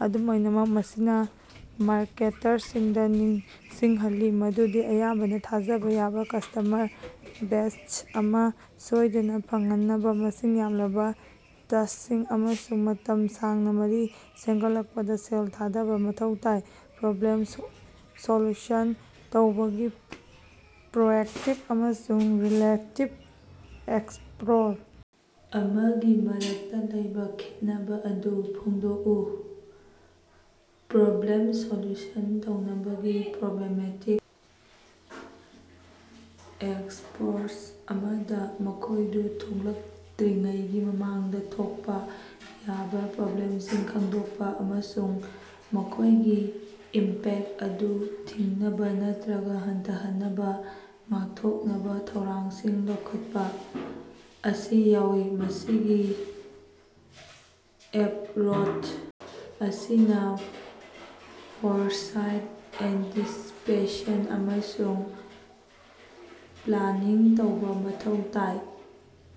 ꯑꯗꯨꯝ ꯑꯣꯏꯅꯃꯛ, ꯃꯁꯤꯅ ꯃꯥꯔꯀꯦꯇꯔꯁꯤꯡꯗ ꯅꯤꯡꯁꯤꯡꯍꯜꯂꯤ ꯃꯗꯨꯗꯤ ꯑꯌꯥꯝꯕꯅ ꯊꯥꯖꯕ ꯌꯥꯕ ꯀꯁ꯭ꯇꯃꯔ ꯕꯦꯖ ꯑꯃ ꯁꯣꯏꯗꯅꯥ ꯐꯪꯍꯟꯅꯕꯥ ꯃꯁꯤꯡ ꯌꯥꯝꯂꯕ ꯇꯆꯁꯤꯡ ꯑꯃꯁꯨꯡ ꯃꯇꯝ ꯁꯥꯡꯅ ꯃꯔꯤ ꯁꯦꯝꯒꯠꯄꯗꯥ ꯁꯦꯜ ꯊꯥꯗꯕ ꯃꯊꯧ ꯇꯥꯏ꯫ ꯄ꯭ꯔꯣꯕ꯭ꯂꯦꯝ ꯁꯣꯜꯌꯨꯁꯟ ꯇꯧꯕꯒꯤ ꯄ꯭ꯔꯣꯑꯦꯛꯇꯤꯚ ꯑꯃꯁꯨꯡ ꯔꯤꯑꯦꯛꯇꯤꯚ ꯑꯦꯄꯔꯣꯆ ꯑꯃꯒꯤ ꯃꯔꯛꯇꯥ ꯂꯩꯕ ꯈꯦꯠꯅꯕꯥ ꯑꯗꯨ ꯐꯣꯡꯗꯣꯛꯎ꯫ ꯄ꯭ꯔꯣꯕ꯭ꯂꯦꯝ ꯁꯣꯂꯌꯨꯁꯟ ꯇꯧꯅꯕꯒꯤ ꯄ꯭ꯔꯣꯑꯦꯛꯇꯤꯚ ꯑꯦꯄꯔꯣꯆ ꯑꯃꯗ, ꯃꯈꯣꯏꯗꯨ ꯊꯣꯛꯂꯛꯇꯔꯤꯉꯩꯒꯤ ꯃꯃꯥꯡꯗ ꯊꯣꯛꯄꯥ ꯌꯥꯕ ꯄ꯭ꯔꯣꯕ꯭ꯂꯦꯝꯁꯤꯡ ꯈꯪꯗꯣꯛꯄꯥ ꯑꯃꯁꯨꯡ ꯃꯈꯣꯏꯒꯤ ꯏꯝꯄꯦꯛꯇ ꯑꯗꯨ ꯊꯤꯡꯅꯕꯥ ꯅꯠꯇꯔꯒ ꯍꯟꯊꯍꯟꯅꯕꯥ ꯉꯥꯛꯊꯣꯛꯅꯕꯥ ꯊꯧꯔꯥꯡꯁꯤꯡ ꯂꯧꯈꯠꯄꯥ ꯑꯁꯤ ꯌꯥꯎꯏ꯫ ꯃꯁꯤꯒꯤ ꯑꯦꯄꯔꯣꯆ ꯑꯁꯤꯅ ꯐꯣꯔꯁꯥꯏꯠ, ꯑꯦꯟꯇꯤꯁꯤꯄꯦꯁꯟ ꯑꯃꯁꯨꯡ ꯄ꯭ꯂꯥꯅꯤꯡ ꯇꯧꯕ ꯃꯊꯧ ꯇꯥꯏ꯫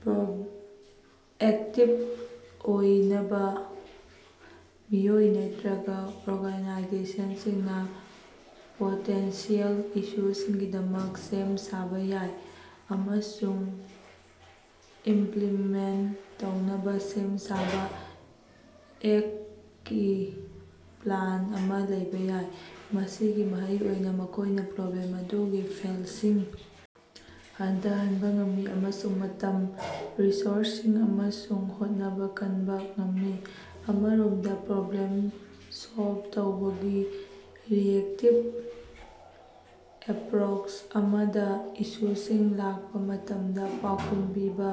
ꯄ꯭ꯔꯣꯑꯦꯛꯇꯤꯚ ꯑꯣꯏꯕꯅ, ꯃꯤꯑꯣꯏ ꯅꯠꯇꯔꯒ ꯑꯣꯔꯒꯥꯅꯥꯏꯖꯦꯁꯟꯁꯤꯡꯅ ꯄꯣꯇꯦꯟꯁꯤꯑꯦꯜ ꯏꯁꯨꯁꯤꯡꯒꯤꯗꯃꯛ ꯁꯦꯝ-ꯁꯥꯕ ꯌꯥꯏ ꯑꯃꯁꯨꯡ ꯏꯃꯄꯂꯤꯃꯦꯟꯇ ꯇꯧꯅꯕꯥ ꯁꯦꯝ-ꯁꯥꯕ ꯑꯦꯛꯁꯒꯤ ꯄ꯭ꯂꯥꯟ ꯑꯃ ꯂꯩꯕ ꯌꯥꯏ꯫ ꯃꯁꯤꯒꯤ ꯃꯍꯩ ꯑꯣꯏꯅ ꯃꯈꯣꯏꯅꯥ ꯄ꯭ꯔꯣꯕ꯭ꯂꯦꯝ ꯑꯗꯨꯒꯤ ꯐꯦꯜꯁꯤꯡ ꯍꯟꯊꯍꯟꯕꯥ ꯉꯝꯃꯤ ꯑꯃꯁꯨꯡ ꯃꯇꯝ, ꯔꯤꯁꯣꯔꯁꯁꯤꯡ ꯑꯃꯁꯨꯡ ꯍꯣꯠꯅꯕꯥ ꯀꯟꯕꯥ ꯉꯝꯃꯤ꯫ ꯑꯃꯔꯣꯝꯗꯥ, ꯄ꯭ꯔꯣꯕ꯭ꯂꯦꯝ ꯁꯣꯜꯕ ꯇꯧꯕꯒꯤ ꯔꯤꯑꯦꯛꯇꯤꯕ ꯑꯦꯄꯄꯔꯣꯆ ꯑꯃꯗ ꯏꯁꯨꯁꯤꯡ ꯂꯥꯛꯄꯥ ꯃꯇꯝꯗ ꯄꯥꯎꯈꯨꯝ ꯄꯤꯕ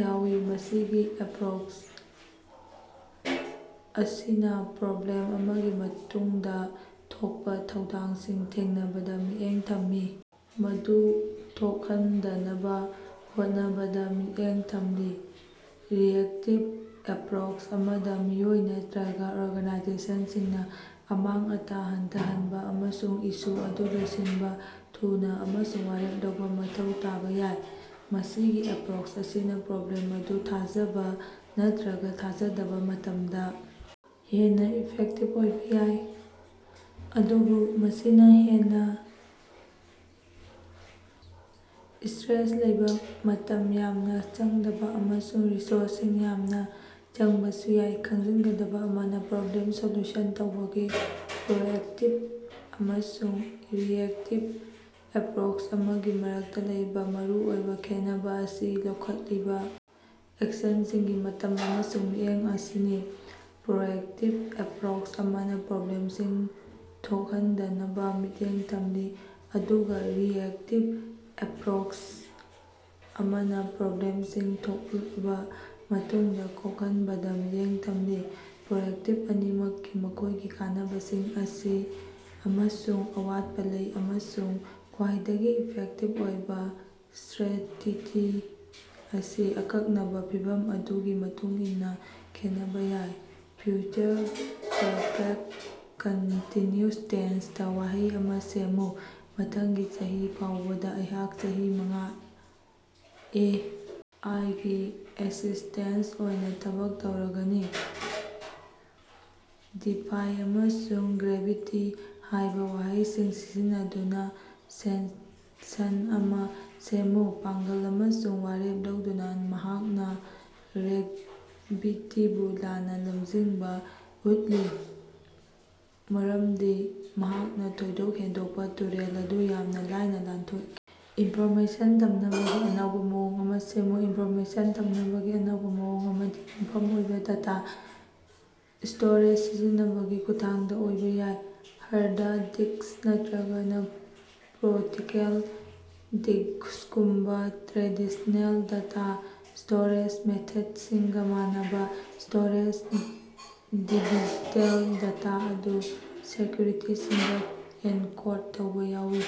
ꯌꯥꯎꯏ꯫ ꯃꯁꯤꯒꯤ ꯑꯦꯄꯔꯣꯆ ꯑꯁꯤꯅ ꯄ꯭ꯔꯣꯕ꯭ꯂꯦꯝ ꯑꯃꯒꯤ ꯃꯇꯨꯡꯗꯥ ꯊꯣꯛꯄꯥ ꯊꯧꯗꯣꯛꯁꯤꯡ ꯊꯦꯡꯅꯕꯗꯥ ꯃꯤꯠꯌꯦꯡ ꯊꯝꯃꯤ, ꯃꯗꯨ ꯊꯣꯍꯟꯗꯅꯕꯥ ꯍꯣꯠꯅꯕꯗꯥ ꯃꯤꯠꯌꯦꯡ ꯊꯝꯂꯤ꯫ ꯔꯤꯑꯦꯛꯇꯤꯚ ꯑꯦꯄꯔꯣꯆ ꯑꯃꯗ, ꯃꯤꯑꯣꯏ ꯅꯠꯇꯔꯒ ꯑꯣꯔꯒꯥꯅꯥꯏꯖꯦꯁꯟꯁꯤꯡꯅ ꯑꯃꯥꯡ-ꯑꯇꯥ ꯍꯟꯊꯍꯟꯅꯕꯥ ꯑꯃꯁꯨꯡ ꯏꯁꯨ ꯑꯗꯨ ꯂꯣꯏꯁꯤꯟꯅꯕꯥ ꯊꯨꯅꯥ ꯑꯃꯁꯨꯡ ꯋꯥꯔꯦꯞ ꯂꯧꯕ ꯃꯊꯧ ꯇꯥꯕ ꯌꯥꯏ꯫ ꯃꯁꯤꯒꯤ ꯑꯦꯄꯔꯣꯆ ꯑꯁꯤꯅ ꯄ꯭ꯔꯣꯕ꯭ꯂꯦꯝ ꯑꯗꯨ ꯊꯥꯖꯗꯕꯥ ꯅꯠꯇꯔꯒ ꯊꯥꯖꯗꯕ ꯃꯇꯝꯗꯥ ꯍꯦꯟꯅ ꯏꯐꯦꯛꯇꯤꯚ ꯑꯣꯏꯕ ꯌꯥꯏ, ꯑꯗꯨꯕꯨ ꯃꯁꯤꯅ ꯍꯦꯟꯅꯥ ꯁ꯭ꯇꯔꯦꯁ ꯂꯩꯕ, ꯃꯇꯝ ꯌꯥꯝꯅ ꯆꯪꯗꯕ ꯑꯃꯁꯨꯡ ꯔꯤꯁꯣꯔꯁꯁꯤꯡ ꯌꯥꯝꯅ ꯆꯪꯕꯁꯨ ꯌꯥꯏ꯫ ꯈꯪꯖꯤꯟꯒꯗꯕꯥ ꯑꯃꯅ, ꯄ꯭ꯔꯣꯕ꯭ꯂꯦꯝ ꯁꯣꯂꯌꯨꯁꯟ ꯇꯧꯕꯒꯤ ꯄ꯭ꯔꯣꯑꯦꯛꯇꯤꯚ ꯑꯃꯁꯨꯡ ꯔꯤꯑꯦꯛꯇꯤꯚ ꯑꯦꯄꯔꯣꯆ ꯑꯃꯒꯤ ꯃꯔꯛꯇ ꯂꯩꯕ ꯃꯔꯨꯑꯣꯏꯕ ꯈꯦꯠꯅꯕꯥ ꯑꯁꯤ ꯂꯧꯈꯠꯂꯤꯕ ꯑꯦꯛꯁꯟꯁꯤꯡꯒꯤ ꯃꯇꯝ ꯑꯃꯁꯨꯡ ꯃꯤꯠꯌꯦꯡ ꯑꯁꯤꯅꯤ꯫ ꯄ꯭ꯔꯣꯑꯦꯛꯇꯤꯕ ꯑꯦꯞꯄꯔꯣꯆ ꯑꯃꯅ ꯄ꯭ꯔꯣꯕ꯭ꯂꯦꯝꯁꯤꯡ ꯊꯣꯈꯟꯗꯅꯕꯥ ꯃꯤꯠꯌꯦꯡ ꯊꯝꯂꯤ, ꯑꯗꯨꯒꯥ ꯔꯤꯑꯦꯛꯇꯤꯕ ꯑꯦꯞꯔꯣꯆ ꯑꯃꯅ ꯄ꯭ꯔꯣꯕ꯭ꯂꯦꯃꯁꯤꯡ ꯊꯣꯛꯂꯕꯥ ꯃꯇꯨꯡꯗꯥ ꯀꯣꯛꯍꯟꯕꯗꯥ ꯃꯤꯠꯌꯦꯡ ꯊꯝꯂꯤ꯫ ꯑꯦꯄꯔꯣꯆ ꯑꯅꯤꯃꯛꯀꯤ ꯃꯈꯣꯏꯒꯤ ꯀꯥꯟꯅꯕꯁꯤꯡ ꯑꯃꯁꯨꯡ ꯑꯋꯥꯠꯄ ꯂꯩ, ꯑꯃꯁꯨꯡ ꯈ꯭ꯕꯥꯏꯗꯒꯤ ꯏꯐꯦꯛꯇꯤꯚ ꯑꯣꯏꯕ ꯁ꯭ꯇꯔꯦꯇꯤꯖꯤ ꯑꯁꯤ ꯑꯀꯛꯅꯕꯥ ꯐꯤꯚꯝ ꯑꯗꯨꯒꯤ ꯃꯇꯨꯡꯏꯟꯅꯥ ꯈꯦꯠꯅꯕꯥ ꯌꯥꯏ꯫ ꯐ꯭ꯌꯨꯆꯔ ꯄꯔꯐꯦꯛꯇ ꯀꯟꯇꯤꯟꯌꯨꯁ ꯇꯦꯟꯁꯇꯥ ꯋꯥꯍꯩ ꯑꯃ ꯁꯦꯝꯃꯨ꯫ ꯃꯊꯪꯒꯤ ꯆꯍꯤ ꯐꯥꯎꯕꯗꯥ ꯑꯩꯍꯥꯛ ꯆꯍꯤ ꯃꯉꯥ ꯑꯦ. ꯑꯥꯏ. ꯒꯤ ꯑꯦꯁꯤꯁ꯭ꯇꯦꯟꯇ ꯑꯣꯏꯅ ꯊꯕꯛ ꯇꯧꯔꯒꯅꯤ꯫। "ꯗꯤꯐꯥꯏ" ꯑꯃꯁꯨꯡ "ꯒ꯭ꯔꯦꯚꯤꯇꯤ" ꯍꯥꯏꯕ ꯋꯥꯍꯩꯁꯤꯡ ꯁꯤꯖꯤꯟꯅꯗꯨꯅ ꯁꯦꯟꯁꯟ ꯑꯃ ꯁꯦꯝꯃꯨ? ꯄꯥꯡꯒꯜ ꯑꯃꯁꯨꯡ ꯋꯥꯔꯦꯞ ꯂꯧꯗꯨꯅ ꯃꯍꯥꯛꯅ ꯒ꯭ꯔꯦꯚꯤꯇꯤꯕꯨ ꯂꯥꯟꯅ ꯂꯝꯖꯤꯡꯕꯤꯕ ꯎꯈꯤ ꯃꯔꯝꯗꯤ ꯃꯍꯥꯛꯅ ꯊꯣꯏꯗꯣꯛ ꯍꯦꯟꯗꯣꯛꯄꯥ ꯇꯨꯔꯦꯜ ꯑꯗꯨ ꯌꯥꯝꯅ ꯂꯥꯏꯅ ꯂꯥꯟꯊꯣꯛꯈꯤ꯫ ꯏꯟꯐꯣꯔꯃꯦꯁꯟ ꯊꯝꯅꯕꯒꯤ ꯑꯅꯧꯕ ꯃꯑꯣꯡ ꯑꯃ ꯁꯦꯝꯃꯨ꯫ ꯏꯟꯐꯣꯔꯃꯦꯁꯟ ꯊꯝꯅꯕꯒꯤ ꯑꯅꯧꯕ ꯃꯑꯣꯡ ꯑꯃꯗꯤ ꯌꯨꯝꯐꯝ ꯑꯣꯏꯕ ꯗꯇꯥ ꯁ꯭ꯇꯣꯔꯦꯖ ꯁꯤꯖꯤꯟꯅꯕꯒꯤ ꯈꯨꯠꯊꯥꯡꯗ ꯑꯣꯏꯕ ꯌꯥꯏ꯫ ꯍꯥꯔꯗ ꯗꯤꯛꯁ ꯅꯠꯇꯔꯒ ꯑꯣꯞꯇꯤꯀꯦꯜ ꯗꯤꯛꯁꯒꯨꯝꯕꯥ ꯇ꯭ꯔꯦꯗꯤꯁꯅꯦꯜ ꯗꯇꯥ ꯁ꯭ꯇꯣꯔꯦꯖ ꯃꯦꯊꯦꯠꯁꯤꯡꯒ ꯃꯥꯟꯅꯗꯅ, ꯁ꯭ꯇꯣꯔꯦꯖꯗ ꯗꯤꯖꯤꯇꯦꯜ ꯗꯇꯥ ꯑꯗꯨ ꯁꯤꯀꯌꯨꯁꯁꯤꯡꯗꯥ ꯑꯦꯟꯀꯣꯗ ꯇꯧꯕ ꯌꯥꯎꯏ꯫